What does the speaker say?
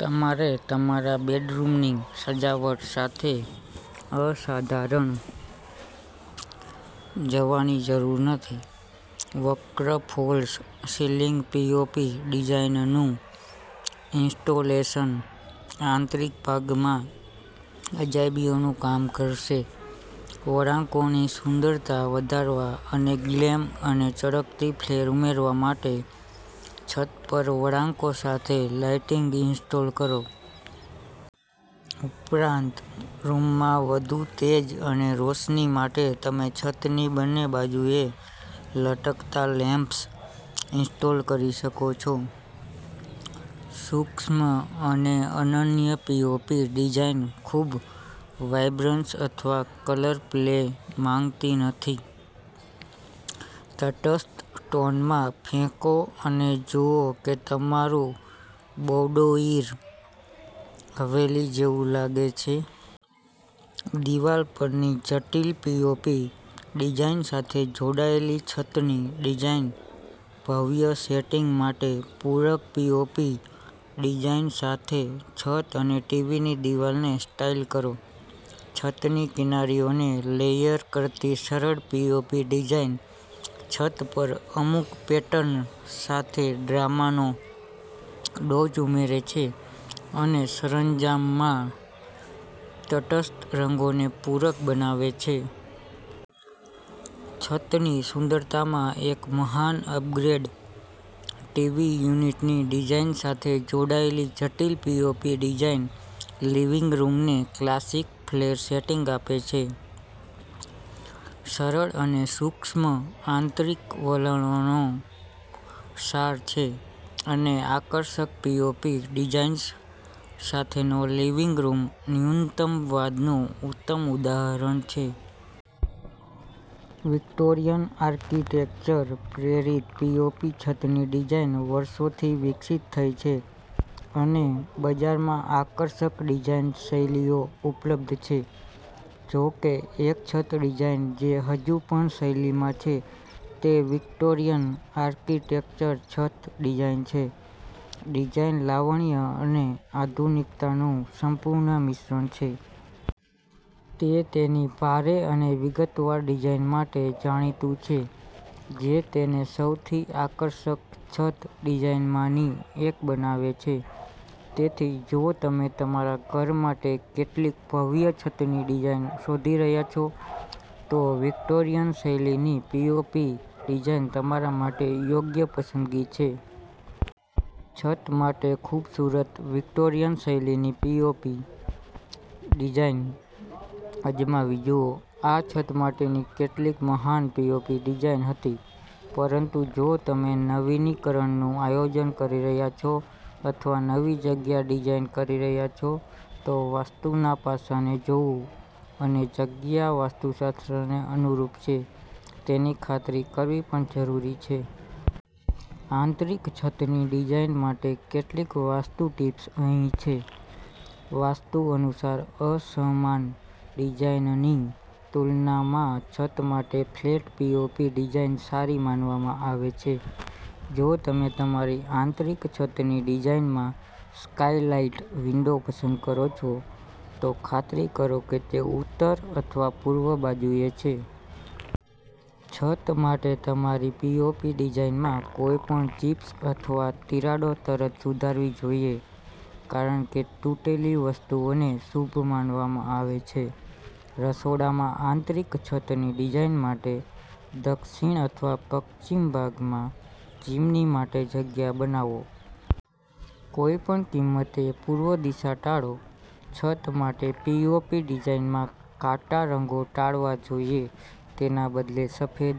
તમારે તમારા બેડરૂમની સજાવટ સાથે અસાધારણ જવાની જરૂર નથી. વક્ર ફોલ્સ સિલિંગ પીઓપી ડિઝાઇનનું ઇન્સ્ટોલેશન આંતરિક ભાગમાં અજાયબીઓનું કામ કરશે. વળાંકોની સુંદરતા વધારવા અને ગ્લેમ અને ચળકતી ફ્લેર ઉમેરવા માટે છત પર વળાંકો સાથે લાઇટિંગ ઇન્સ્ટોલ કરો. ઉપરાંત, રૂમમાં વધુ તેજ અને રોશની માટે તમે છતની બંને બાજુએ લટકતા લેમ્પ્સ ઇન્સ્ટોલ કરી શકો છો. સૂક્ષ્મ અને અનન્ય પીઓપી ડિઝાઇન ખૂબ વાઇબ્રન્સ અથવા કલર પ્લે માંગતી નથી. તટસ્થ ટોનમાં ફેંકો અને જુઓ કે તમારું બૌડોઇર હવેલી જેવું લાગે છે. દિવાલ પરની જટિલ પીઓપી ડિઝાઇન સાથે જોડાયેલી છતની ડિઝાઇન ભવ્ય સેટિંગ માટે પૂરક પીઓપી ડિઝાઇન સાથે છત અને ટીવીની દિવાલને સ્ટાઇલ કરો. છતની કિનારીઓને લેયર કરતી સરળ પીઓપી ડિઝાઇન છત પર અમુક પેટર્ન સાથે ડ્રામાનો ડોઝ ઉમેરે છે અને સરંજામમાં તટસ્થ રંગોને પૂરક બનાવે છે. છતની સુંદરતામાં એક મહાન અપગ્રેડ, ટીવી યુનિટની ડિઝાઇન સાથે જોડાયેલી જટિલ પીઓપી ડિઝાઇન લિવિંગ રૂમને ક્લાસિક ફ્લેર સેટિંગ આપે છે. સરળ અને સૂક્ષ્મ આંતરિક વલણોનો સાર છે, અને આકર્ષક પીઓપી ડિઝાઇન્સ સાથેનો લિવિંગ રૂમ ન્યૂનતમવાદનું ઉત્તમ ઉદાહરણ છે. વિક્ટોરિયન આર્કિટેક્ચર-પ્રેરિત પીઓપી છતની ડિઝાઇન વર્ષોથી વિકસિત થઈ છે અને બજારમાં આકર્ષક ડિઝાઇન શૈલીઓ ઉપલબ્ધ છે. જો કે, એક છત ડિઝાઇન જે હજુ પણ શૈલીમાં છે તે વિક્ટોરિયન આર્કિટેક્ચર છત ડિઝાઇન છે. ડિઝાઇન લાવણ્ય અને આધુનિકતાનું સંપૂર્ણ મિશ્રણ છે. તે તેની ભારે અને વિગતવાર ડિઝાઇન માટે જાણીતું છે, જે તેને સૌથી આકર્ષક છત ડિઝાઇનમાંની એક બનાવે છે. તેથી જો તમે તમારા ઘર માટે કેટલીક ભવ્ય છતની ડિઝાઇન શોધી રહ્યા છો, તો વિક્ટોરિયન શૈલીની પીઓપી ડિઝાઇન તમારા માટે યોગ્ય પસંદગી છે. છત માટે ખૂબસૂરત વિક્ટોરિયન શૈલીની પીઓપી ડિઝાઇન અજમાવી જુઓ. આ છત માટેની કેટલીક મહાન પીઓપી ડિઝાઇન હતી. પરંતુ જો તમે નવીનીકરણનું આયોજન કરી રહ્યા છો અથવા નવી જગ્યા ડિઝાઇન કરી રહ્યા છો, તો વાસ્તુના પાસાને જોવું અને જગ્યા વાસ્તુશાસ્ત્રને અનુરૂપ છે તેની ખાતરી કરવી પણ જરૂરી છે. આંતરિક છતની ડિઝાઇન માટે કેટલીક વાસ્તુ ટીપ્સ અહીં છે. વાસ્તુ અનુસાર અસમાન ડિઝાઇનની તુલનામાં છત માટે ફ્લેટ પીઓપી ડિઝાઇન સારી માનવામાં આવે છે. જો તમે તમારી આંતરિક છતની ડિઝાઇનમાં સ્કાઇલાઇટ વિન્ડો પસંદ કરો છો, તો ખાતરી કરો કે તે ઉત્તર અથવા પૂર્વ બાજુએ છે. છત માટે તમારી પીઓપી ડિઝાઇનમાં કોઈપણ ચિપ્સ અથવા તિરાડો તરત સુધારવી જોઈએ, કારણ કે તૂટેલી વસ્તુઓને શુભ માનવામાં આવે છે. રસોડામાં આંતરિક છતની ડિઝાઇન માટે, દક્ષિણ અથવા પશ્ચિમ ભાગમાં ચીમની માટે જગ્યા બનાવો. કોઈપણ કિંમતે પૂર્વ દિશા ટાળો. છત માટે પીઓપી ડિઝાઇનમાં ઘાટા રંગો ટાળવા જોઈએ, તેના બદલે, સફેદ